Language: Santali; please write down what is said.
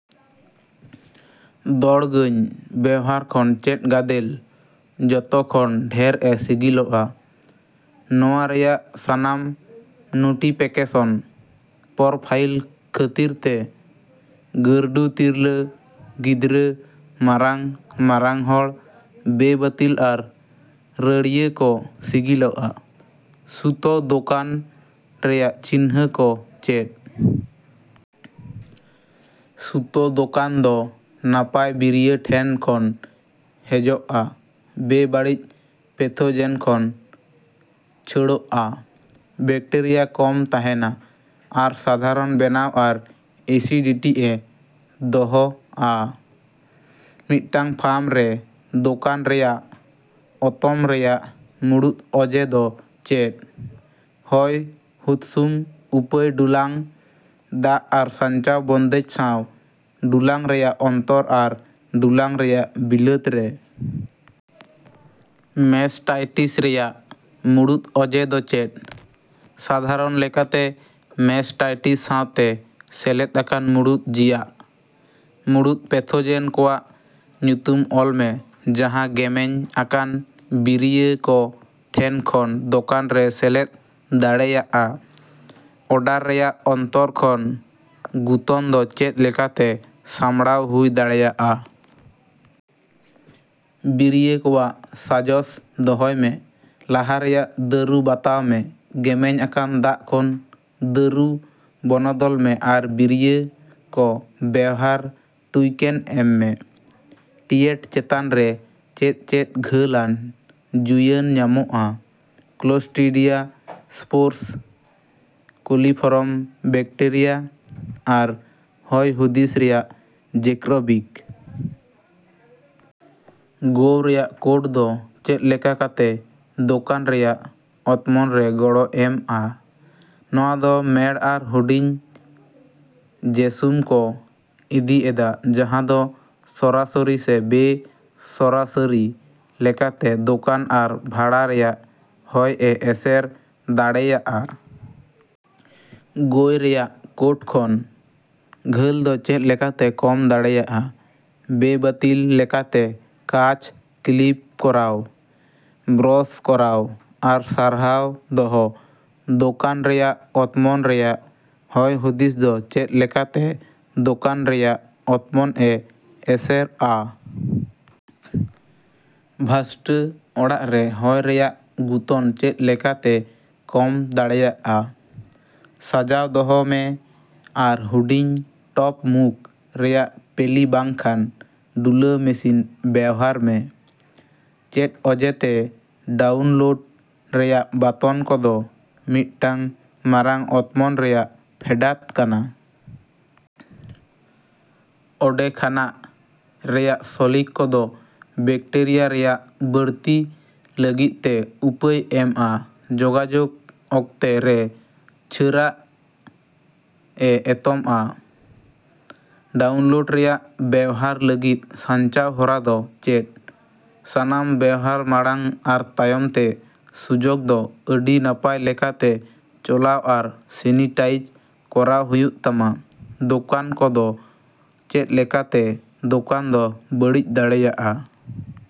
ᱫᱚᱲᱜᱟᱹᱧ ᱵᱮᱣᱦᱟᱨ ᱠᱷᱚᱱ ᱪᱮᱫ ᱜᱟᱫᱮᱞ ᱡᱚᱛᱚ ᱠᱷᱚᱱ ᱰᱷᱮᱨ ᱮ ᱥᱤᱜᱤᱞᱚᱜᱼᱟ? ᱱᱚᱶᱟ ᱨᱮᱭᱟᱜ ᱥᱟᱱᱟᱢ ᱱᱩᱴᱤᱯᱮᱠᱮᱥᱚᱱ ᱯᱚᱨᱯᱷᱟᱭᱤᱞ ᱠᱷᱟᱹᱛᱤᱨ ᱛᱮ ᱜᱟᱹᱨᱰᱩ ᱛᱤᱨᱞᱟᱹ, ᱜᱤᱫᱽᱨᱟᱹ, ᱢᱟᱨᱟᱝ, ᱢᱟᱨᱟᱝ ᱦᱚᱲ, ᱵᱮᱼᱵᱟᱹᱛᱤᱞ ᱟᱨ ᱨᱟᱹᱲᱤᱭᱟᱹ ᱠᱚ ᱥᱤᱜᱤᱞᱚᱜᱼᱟ᱾ ᱥᱩᱛᱚ ᱫᱳᱠᱟᱱ ᱨᱮᱭᱟᱜ ᱪᱤᱱᱦᱟᱹ ᱠᱚ ᱪᱮᱫ? ᱥᱩᱛᱚ ᱫᱳᱠᱟᱱ ᱫᱚ ᱱᱟᱯᱟᱭ ᱵᱤᱨᱤᱭᱟᱹ ᱴᱷᱮᱱ ᱠᱷᱚᱱ ᱦᱮᱡᱚᱜᱼᱟ, ᱵᱮᱼᱵᱟᱲᱤᱪ, ᱯᱮᱛᱷᱳᱡᱮᱱ ᱠᱷᱚᱱ ᱪᱷᱟᱹᱲᱚᱜᱼᱟ, ᱵᱮᱠᱴᱮᱨᱤᱭᱟ ᱠᱚᱢ ᱛᱟᱦᱮᱸᱱᱟ, ᱟᱨ ᱥᱟᱫᱷᱟᱨᱚᱱ ᱵᱮᱱᱟᱣ ᱟᱨ ᱮᱥᱤᱰᱤᱴᱤ ᱮ ᱫᱚᱦᱚᱼᱟ᱾ ᱢᱤᱫᱴᱟᱝ ᱯᱷᱟᱢ ᱨᱮ ᱫᱳᱠᱟᱱ ᱨᱮᱭᱟᱜ ᱚᱛᱚᱢ ᱨᱮᱭᱟᱜ ᱢᱩᱲᱩᱫ ᱚᱡᱮ ᱫᱚ ᱪᱮᱫ? ᱦᱚᱭ ᱦᱩᱫᱥᱩᱢ, ᱩᱯᱟᱹᱭ, ᱰᱩᱞᱟᱝ, ᱫᱟᱜ ᱟᱨ ᱥᱟᱧᱪᱟᱣ ᱵᱚᱱᱫᱮᱡ ᱥᱟᱶ ᱰᱩᱞᱟᱝ ᱨᱮᱭᱟᱜ ᱚᱱᱛᱚᱨ ᱟᱨ ᱰᱩᱞᱟᱝ ᱨᱮᱭᱟᱜ ᱵᱤᱞᱟᱹᱛ ᱨᱮ᱾ ᱢᱮᱥᱴᱟᱭᱴᱤᱥ ᱨᱮᱭᱟᱜ ᱢᱩᱲᱩᱫ ᱚᱡᱮ ᱫᱚ ᱪᱮᱫ? ᱥᱟᱫᱷᱟᱨᱚᱱ ᱞᱮᱠᱟᱛᱮ ᱢᱮᱥᱴᱟᱭᱴᱤᱥ ᱥᱟᱶᱛᱮ ᱥᱮᱞᱮᱫ ᱟᱠᱟᱱ ᱢᱩᱲᱩᱫ ᱡᱤᱭᱟᱜ᱾ ᱢᱩᱲᱩᱫ ᱯᱮᱛᱷᱳᱡᱮᱱ ᱠᱚᱣᱟᱜ ᱧᱩᱛᱩᱢ ᱚᱞ ᱢᱮ ᱡᱟᱦᱟᱸ ᱜᱮᱢᱮᱧ ᱟᱠᱟᱱ ᱵᱤᱨᱤᱭᱟᱹ ᱠᱚ ᱴᱷᱮᱱ ᱠᱷᱚᱱ ᱫᱳᱠᱟᱱ ᱨᱮ ᱥᱮᱞᱮᱫ ᱫᱟᱲᱮᱭᱟᱜᱼᱟ᱾ ᱚᱰᱟᱨ ᱨᱮᱭᱟᱜ ᱚᱱᱛᱚᱨ ᱠᱷᱚᱱ ᱜᱩᱛᱚᱱ ᱫᱚ ᱪᱮᱫ ᱞᱮᱠᱟᱛᱮ ᱥᱟᱢᱲᱟᱣ ᱦᱩᱭ ᱫᱟᱲᱮᱭᱟᱜᱼᱟ? ᱵᱤᱨᱤᱭᱟᱹ ᱠᱚᱣᱟᱜ ᱥᱟᱡᱚᱥ ᱫᱚᱦᱚᱭ ᱢᱮ, ᱞᱟᱦᱟ ᱨᱮᱭᱟᱜ ᱫᱟᱹᱨᱩ ᱵᱟᱛᱟᱶ ᱢᱮ, ᱜᱮᱢᱮᱧ ᱟᱠᱟᱱ ᱫᱟᱜ ᱠᱷᱚᱱ ᱫᱟᱹᱨᱩ ᱵᱚᱱᱚᱫᱚᱞ ᱢᱮ ᱟᱨ ᱵᱤᱨᱤᱭᱟᱹ ᱠᱚ ᱵᱮᱶᱦᱟᱨ ᱴᱩᱭᱠᱮᱱ ᱮᱢ ᱢᱮ᱾ ᱴᱤᱭᱮᱴ ᱪᱮᱛᱟᱱ ᱨᱮ ᱪᱮᱫ ᱪᱮᱫ ᱜᱷᱟᱹᱞᱟᱱ ᱡᱩᱭᱟᱹᱱ ᱧᱟᱢᱚᱜᱼᱟ᱾ ᱠᱞᱳᱥᱴᱨᱤᱰᱤᱭᱟ ᱥᱯᱳᱨᱥ, ᱠᱳᱞᱤᱯᱷᱚᱨᱚᱢ ᱵᱮᱠᱴᱮᱨᱤᱭᱟ ᱟᱨ ᱦᱚᱭ ᱦᱩᱫᱤᱥ ᱨᱮᱭᱟᱜ ᱡᱮᱠᱨᱳᱵᱤᱠ᱾ ᱜᱳᱣ ᱨᱮᱭᱟᱜ ᱠᱳᱴ ᱫᱚ ᱪᱮᱫ ᱞᱮᱠᱟ ᱠᱟᱛᱮ ᱫᱳᱠᱟᱱ ᱨᱮᱭᱟᱜ ᱚᱛᱢᱚᱱ ᱨᱮ ᱜᱚᱲᱚ ᱮᱢᱼᱟ? ᱱᱚᱶᱟ ᱫᱚ ᱢᱮᱲ ᱟᱨ ᱦᱩᱰᱤᱧ ᱡᱮᱹᱥᱩᱢ ᱠᱚ ᱤᱫᱤ ᱮᱫᱟ ᱡᱟᱦᱟᱸ ᱫᱚ ᱥᱚᱨᱟᱥᱚᱨᱤ ᱥᱮ ᱵᱮᱼᱥᱚᱨᱟᱥᱟᱹᱨᱤ ᱞᱮᱠᱟᱛᱮ ᱫᱳᱠᱟᱱ ᱟᱨ ᱵᱷᱟᱲᱟ ᱨᱮᱭᱟᱜ ᱦᱚᱭ ᱮ ᱮᱥᱮᱨ ᱫᱟᱲᱮᱹᱭᱟᱜᱼᱟ᱾ ᱜᱳᱭ ᱨᱮᱭᱟᱜ ᱠᱳᱴ ᱠᱷᱚᱱ ᱜᱷᱟᱹᱞ ᱫᱚ ᱪᱮᱫ ᱞᱮᱠᱟᱛᱮ ᱠᱚᱢ ᱫᱟᱲᱮᱭᱟᱜᱼᱟ? ᱵᱮᱼᱵᱟᱹᱛᱤᱞ ᱞᱮᱠᱟᱛᱮ ᱠᱟᱪ ᱠᱞᱤᱯ ᱠᱚᱨᱟᱣ, ᱵᱨᱚᱥ ᱠᱚᱨᱟᱣ ᱟᱨ ᱥᱟᱨᱦᱟᱶ ᱫᱚᱦᱚ᱾ ᱫᱳᱠᱟᱱ ᱨᱮᱭᱟᱜ ᱚᱛᱢᱚᱱ ᱨᱮᱭᱟᱜ ᱦᱚᱭ ᱦᱩᱫᱤᱥ ᱫᱚ ᱪᱮᱫ ᱞᱮᱠᱟᱛᱮ ᱫᱳᱠᱟᱱ ᱨᱮᱭᱟᱜ ᱚᱛᱢᱚᱱ ᱮ ᱮᱥᱮᱨᱼᱟ? ᱵᱷᱟᱥᱴᱟᱹ ᱚᱲᱟᱜ ᱨᱮ ᱦᱚᱭ ᱨᱮᱭᱟᱜ ᱜᱩᱛᱚᱱ ᱪᱮᱫ ᱞᱮᱠᱟᱛᱮ ᱠᱚᱢ ᱫᱟᱲᱮᱭᱟᱜᱼᱟ? ᱥᱟᱡᱟᱣ ᱫᱚᱦᱚ ᱢᱮ ᱟᱨ ᱦᱩᱰᱤᱧᱼᱴᱚᱯ ᱢᱩᱠ ᱨᱮᱭᱟᱜ ᱯᱮᱞᱤ ᱵᱟᱝ ᱠᱷᱟᱱ ᱰᱩᱞᱟᱹᱣ ᱢᱮᱥᱤᱱ ᱵᱮᱣᱦᱟᱨ ᱢᱮ᱾ ᱪᱮᱫ ᱚᱡᱮᱛᱮ ᱰᱟᱣᱩᱱᱞᱳᱰ ᱨᱮᱭᱟᱜ ᱵᱟᱛᱚᱱ ᱠᱚᱫᱚ ᱢᱤᱫᱴᱟᱝ ᱢᱟᱨᱟᱝ ᱚᱛᱢᱚᱱ ᱨᱮᱭᱟᱜ ᱯᱷᱮᱰᱟᱛ ᱠᱟᱱᱟ? ᱚᱰᱮᱠᱷᱟᱱᱟᱜ ᱨᱮᱭᱟᱜ ᱥᱚᱞᱤᱠ ᱠᱚᱫᱚ ᱵᱮᱠᱴᱤᱨᱤᱭᱟ ᱨᱮᱭᱟᱜ ᱵᱟᱹᱲᱛᱤ ᱞᱟᱹᱜᱤᱫ ᱛᱮ ᱩᱯᱟᱹᱭ ᱮᱢᱼᱟ, ᱡᱳᱜᱟᱡᱳᱜ ᱚᱠᱛᱮ ᱨᱮ ᱪᱷᱟᱹᱨᱟᱜ ᱮ ᱚᱛᱚᱢᱼᱟ᱾ ᱰᱟᱣᱩᱱᱞᱳᱰ ᱨᱮᱭᱟᱜ ᱵᱮᱣᱦᱟᱨ ᱞᱟᱹᱜᱤᱫ ᱥᱟᱧᱪᱟᱣ ᱦᱚᱨᱟ ᱫᱚ ᱪᱮᱫ? ᱥᱟᱱᱟᱢ ᱵᱮᱣᱦᱟᱨ ᱢᱟᱲᱟᱝ ᱟᱨ ᱛᱟᱭᱚᱢ ᱛᱮ ᱥᱩᱡᱚᱠ ᱫᱚ ᱟᱹᱰᱤ ᱱᱟᱯᱟᱭ ᱞᱮᱠᱟᱛᱮ ᱪᱚᱞᱟᱣ ᱟᱨ ᱥᱮᱱᱤᱴᱟᱭᱤᱡᱽ ᱠᱚᱨᱟᱣ ᱦᱩᱭᱩᱜ ᱛᱟᱢᱟ᱾ ᱫᱳᱠᱟᱱ ᱠᱚ ᱫᱚ ᱪᱮᱫ ᱞᱮᱠᱟᱛᱮ ᱫᱳᱠᱟᱱ ᱫᱚ ᱵᱟᱹᱲᱤᱡ ᱫᱟᱲᱮᱭᱟᱜᱼᱟ᱾